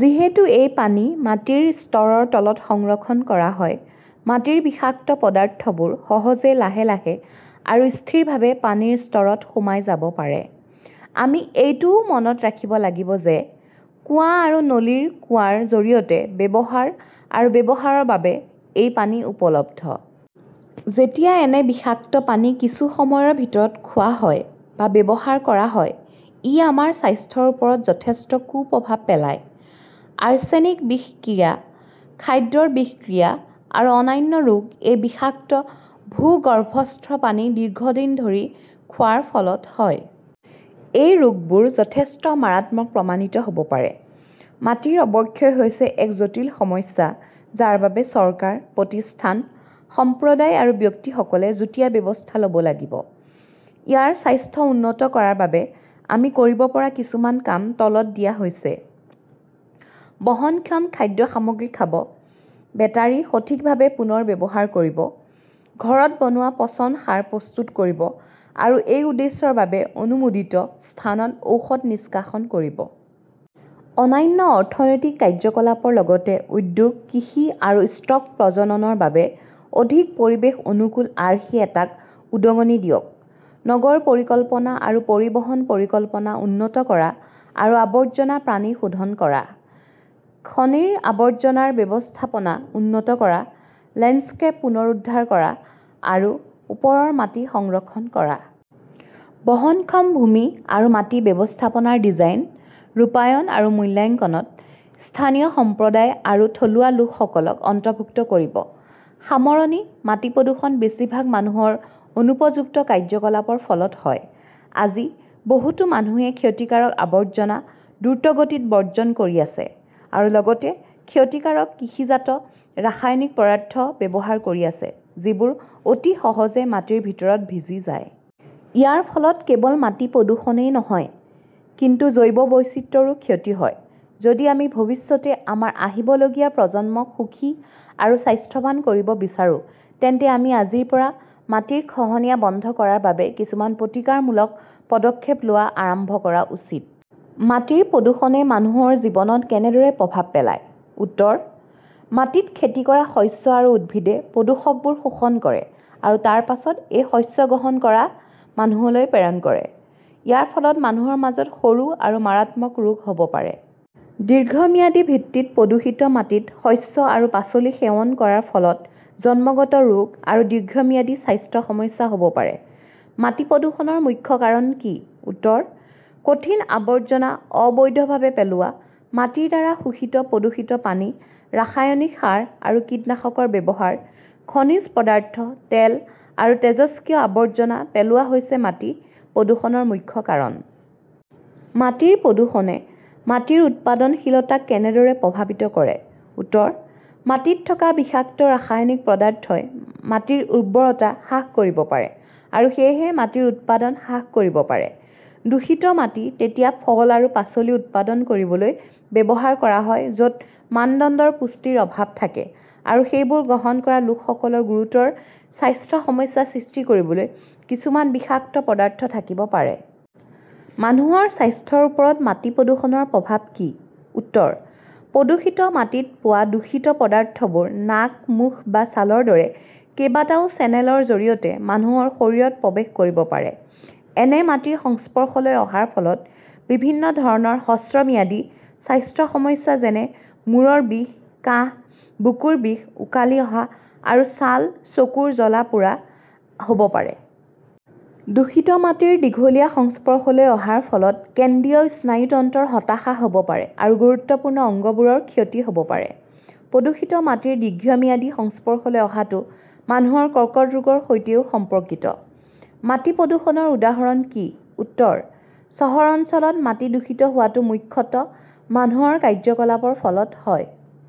যিহেতু এই পানী মাটিৰ স্তৰৰ তলত সংৰক্ষণ কৰা হয়, মাটিৰ বিষাক্ত পদাৰ্থবোৰ সহজে লাহে লাহে আৰু স্থিৰভাৱে পানীৰ স্তৰত সোমাই যাব পাৰে। আমি এইটোও মনত ৰাখিব লাগিব যে কুঁৱা আৰু নলীৰ কুঁৱাৰ জৰিয়তে ব্যৱহাৰ আৰু ব্যৱহাৰৰ বাবে এইপানী উপলব্ধ। যেতিয়া এনে বিষাক্ত পানী কিছু সময়ৰ ভিতৰত খোৱা হয় বা ব্যৱহাৰ কৰা হয়, ই আমাৰ স্বাস্থ্যৰ ওপৰত যথেষ্ট কুপ্ৰভাৱ পেলায়। আৰ্চেনিক বিষক্ৰিয়া, খাদ্যৰ বিষক্ৰিয়া আৰু অন্যান্য ৰোগ এই বিষাক্ত ভূগৰ্ভস্থ পানী দীৰ্ঘদিন ধৰি খোৱাৰ ফলত হয়। এই ৰোগবোৰ যথেষ্ট মাৰাত্মক প্ৰমাণিত হ'ব পাৰে। মাটিৰ অৱক্ষয় হৈছে এক জটিল সমস্যা যাৰ বাবে চৰকাৰ, প্ৰতিষ্ঠান, সম্প্ৰদায় আৰু ব্যক্তিসকলে যুটীয়া ব্যৱস্থা ল'ব লাগিব। ইয়াৰ স্বাস্থ্য উন্নত কৰাৰ বাবে আমি কৰিব পৰা কিছুমান কাম তলত দিয়া হৈছে: বহনক্ষম খাদ্য সামগ্ৰী খাব, বেটাৰি সঠিকভাৱে পুনৰ ব্যৱহাৰ কৰিব, ঘৰত বনোৱা পচন সাৰ প্ৰস্তুত কৰিব আৰু এই উদ্দেশ্যৰ বাবে অনুমোদিত স্থানত ঔষধ নিষ্কাশন কৰিব। অনান্য অৰ্থনৈতিক কাৰ্যকলাপৰ লগতে উদ্যোগ, কৃষি আৰু ষ্টক প্ৰজননৰ বাবে অধিক পৰিৱেশ-অনুকূল আৰ্হি এটাক উদগনি দিয়ক। নগৰ পৰিকল্পনা আৰু পৰিবহন পৰিকল্পনা উন্নত কৰা আৰু আৱৰ্জনা পানী শোধন কৰা। খনিৰ আৱৰ্জনাৰ ব্যৱস্থাপনা উন্নত কৰা, লেণ্ডস্কেপ পুনৰুদ্ধাৰ কৰা আৰু ওপৰৰ মাটি সংৰক্ষণ কৰা। বহনক্ষম ভূমি আৰু মাটি ব্যৱস্থাপনাৰ ডিজাইন, ৰূপায়ণ আৰু মূল্যাঙ্কনত স্থানীয় সম্প্ৰদায় আৰু থলুৱা লোকসকলক অন্তৰ্ভুক্ত কৰিব। সামৰণি মাটিপ্ৰদূষণ বেছিভাগ মানুহৰ অনুপযুক্ত কাৰ্যকলাপৰ ফলত হয়। আজি, বহুতো মানুহে ক্ষতিকাৰক আৱৰ্জনা দ্ৰুতগতিত বৰ্জন কৰি আছে আৰু লগতে ক্ষতিকাৰক কৃষিজাত ৰাসায়নিক পদাৰ্থ ব্যৱহাৰ কৰি আছে যি বোৰ অতি সহজে মাটিৰ ভিতৰত ভিজি যায়। ইয়াৰ ফলত কেৱল মাটিপ্ৰদূষণেই নহয় কিন্তু জৈৱ বৈচিত্ৰ্যৰো ক্ষতি হয়। যদি আমি ভৱিষ্যতে আমাৰ আহিবলগীয়া প্ৰজন্মক সুখী আৰু স্বাস্থ্যৱান কৰিব বিচাৰো, তেন্তে আমি আজিৰ পৰা মাটিৰ খহনীয়া বন্ধ কৰাৰ বাবে কিছুমান প্ৰতিকাৰমূলক পদক্ষেপ লোৱা আৰম্ভ কৰা উচিত।. মাটিৰ প্ৰদূষণে মানুহৰ জীৱনত কেনেদৰে প্ৰভাৱ পেলায়? উত্তৰ: মাটিত খেতি কৰা শস্য আৰু উদ্ভিদে প্ৰদূষকবোৰ শোষণ কৰে আৰু তাৰ পিছত এই শস্য গ্ৰহণ কৰা মানুহলৈ প্ৰেৰণ কৰে। ইয়াৰ ফলত মানুহৰ মাজত সৰু আৰু মাৰাত্মক ৰোগ হ'ব পাৰে। দীৰ্ঘম্যাদী ভিত্তিত প্ৰদূষিত মাটিত শস্য আৰু পাচলি সেৱন কৰাৰ ফলত জন্মগত ৰোগ আৰু দীৰ্ঘম্যাদী স্বাস্থ্য সমস্যা হ'ব পাৰে।. মাটি প্ৰদূষণৰ মুখ্য কাৰণ কি? উত্তৰ: কঠিন আৱৰ্জনা অবৈধভাৱে পেলোৱা, মাটিৰ দ্বাৰা শোষিত প্ৰদূষিত পানী, ৰাসায়নিক সাৰ আৰু কীটনাশকৰ ব্যৱহাৰ, খনিজ পদাৰ্থ, তেল আৰু তেজস্ক্ৰিয় আৱৰ্জনা পেলোৱা হৈছে মাটি প্ৰদূষণৰ মুখ্য কাৰণ।. মাটিৰ প্ৰদূষণে মাটিৰ উৎপাদনশীলতাক কেনেদৰে প্ৰভাৱিত কৰে? উত্তৰ: মাটিত থকা বিষাক্ত ৰাসায়নিক পদাৰ্থই মাটিৰ উৰ্বৰতা হ্ৰাস কৰিব পাৰে আৰু সেয়েহে মাটিৰ উৎপাদন হ্ৰাস কৰিব পাৰে। দূষিত মাটি তেতিয়া ফল আৰু পাচলি উৎপাদন কৰিবলৈ ব্যৱহাৰ কৰা হয়, য'ত মানদণ্ডৰ পুষ্টিৰ অভাৱ থাকে আৰু সেইবোৰ গ্ৰহণ কৰা লোকসকলৰ গুৰুতৰ স্বাস্থ্য সমস্যা সৃষ্টি কৰিবলৈ কিছুমান বিষাক্ত পদাৰ্থ থাকিব পাৰে।. মানুহৰ স্বাস্থ্যৰ ওপৰত মাটি প্ৰদূষণৰ প্ৰভাৱ কি? উত্তৰ: প্ৰদূষিত মাটিত পোৱা দূষিত পদাৰ্থবোৰ নাক, মুখ বা ছালৰ দৰে কেইবাটাও চেনেলৰ জৰিয়তে মানুহৰ শৰীৰত প্ৰৱেশ কৰিব পাৰে। এনে মাটিৰ সংস্পৰ্শলৈ অহাৰ ফলত বিভিন্ন ধৰণৰ হ্ৰস্বম্যাদী স্বাস্থ্য সমস্যা যেনে মুৰৰ বিষ, কাহ, বুকুৰ বিষ, ওকালি অহা, আৰু ছাল/চকুৰ জ্বলা-পোৰা হ'ব পাৰে। দূষিত মাটিৰ দীঘলীয়া সংস্পৰ্শলৈ অহাৰ ফলত কেন্দ্ৰীয় স্নায়ুতন্ত্ৰৰ হতাশা হ'ব পাৰে আৰু গুৰুত্বপূৰ্ণ অঙ্গবোৰৰ ক্ষতি হ'ব পাৰে। প্ৰদূষিত মাটিৰ দীৰ্ঘম্যাদী সংস্পৰ্শলৈ অহাটো মানুহৰ কৰ্কট ৰোগৰ সৈতেও সম্পৰ্কিত।. মাটি প্ৰদূষণৰ উদাহৰণ কি? উত্তৰ: চহৰ অঞ্চলত, মাটি দূষিত হোৱাটো মুখ্যতঃ মানুহৰ কাৰ্যকলাপৰ ফলত হয়।